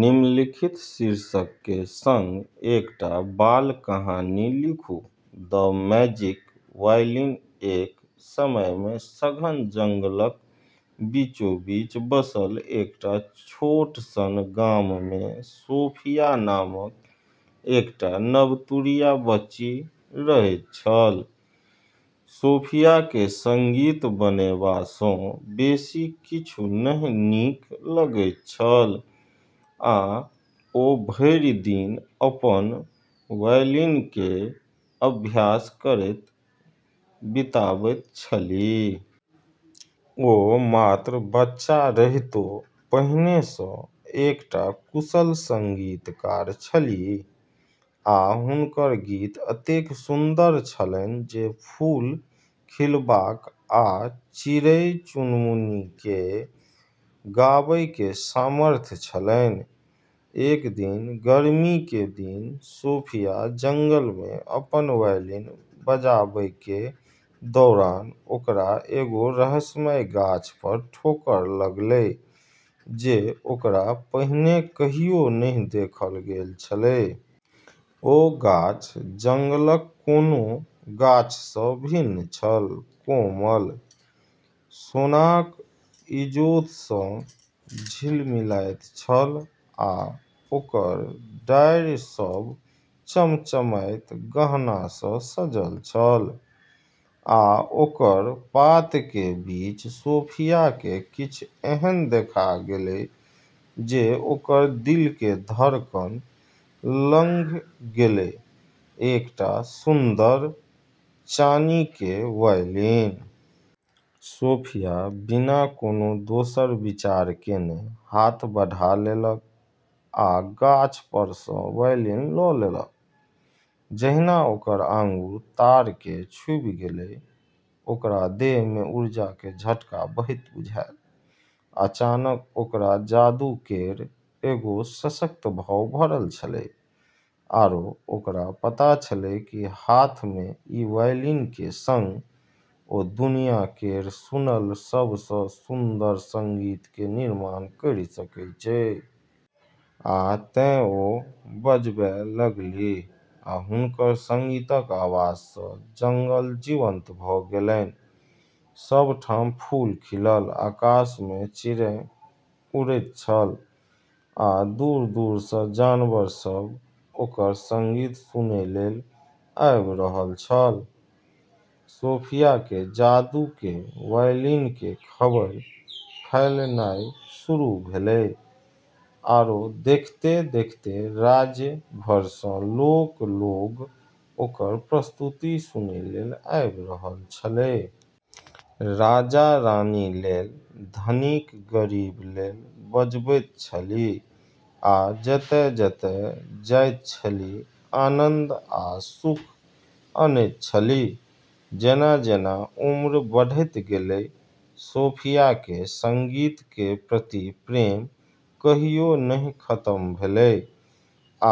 निम्नलिखित शीर्षकके सङ्ग एकटा बाल कहानी लिखु: द मैजिक वायलिन एक समयमे सघन जंगलक बीचोबीच बसल एकटा छोट सन गाममे सोफिया नामक एकटा नवतुरिया बच्ची रहैत छल। सोफियाके संगीत बनेबासँ बेसी किछु नहि नीक लगैत छल, आ ओ भरि दिन अपन वायलिनके अभ्यास करैत बिताबैत छलीह। ओ मात्र बच्चा रहितो पहिनेसँ एकटा कुशल संगीतकार छलीह, आ हुनकर गीत एतेक सुन्दर छलनि जे फूल खिलबाक आ चिड़ै-चुनमुनीकेँ गाबैके सामर्थ्य छलनि। एक दिन गर्मीके दिन सोफिया जंगलमे अपनऽ वायलिन बजाबैके दौरान ओकरा एगो रहस्यमय गाछ पर ठोकर लगलै जे ओकरा पहिने कहियो नहि देखल गेल छलै। ओ गाछ जंगलक कोनो गाछसँ भिन्न छल कोमल, सोनाक इजोतसँ झिलमिलाइत छल आ ओकर डारि सभ चमचमाइत गहनासँ सजल छल। आ ओकर पातके बीच सोफियाके किछ एहन देखा गेलै जे ओकर दिलके धड़कन लंघि गेलै एकटा सुन्दर, चानीके वायलिन। सोफिया बिना कोनो दोसर विचार केने हाथ बढ़ा लेलक आ गाछ परसँ वायलिन ल' लेलक। जहिना ओकर आँगुर तारकेँ छूबि गेलै, ओकरा देहमे ऊर्जाके झटका बहैत बुझायल। अचानक ओकरा जादू केरऽ एगो सशक्त भाव भरल छलै, आरो ओकरा पता छलै कि हाथमे ई वायलिनके सङ्ग ओ दुनिया केर सुनल सबसँ सुंदर संगीतके निर्माण करि सकै छै। आ तें ओ बजबै लगलीह, आ हुनकर संगीतक आवाजसँ जंगल जीवंत भ' गेलनि। सब ठाम फूल खिलल, आकाशमे चिड़ै उड़ैत छल, आ दूर-दूरसँ जानवर सब ओकर संगीत सुनै लेल आबि रहल छल। सोफियाके जादूके वायलिनके खबरि फैलनाइ शुरू भेलै, आरो देखिते - देखिते राज्य भरसँ लोक लोग ओकर प्रस्तुति सुनै लेल आबि रहल छलै। राजा-रानी लेल, धनिक-गरीब लेल बजबैत छलीह आ जतय-जतय जाइत छलीह, आनन्द आ सुख अनैत छलीह। जेना-जेना उम्र बढ़ैत गेलै, सोफियाके संगीतके प्रति प्रेम कहियो नहि खतम भेलै,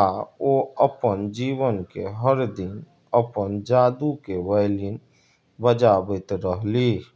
आ ओ अपन जीवनके हर दिन अपन जादूके वायलिन बजाबैत रहलीह ।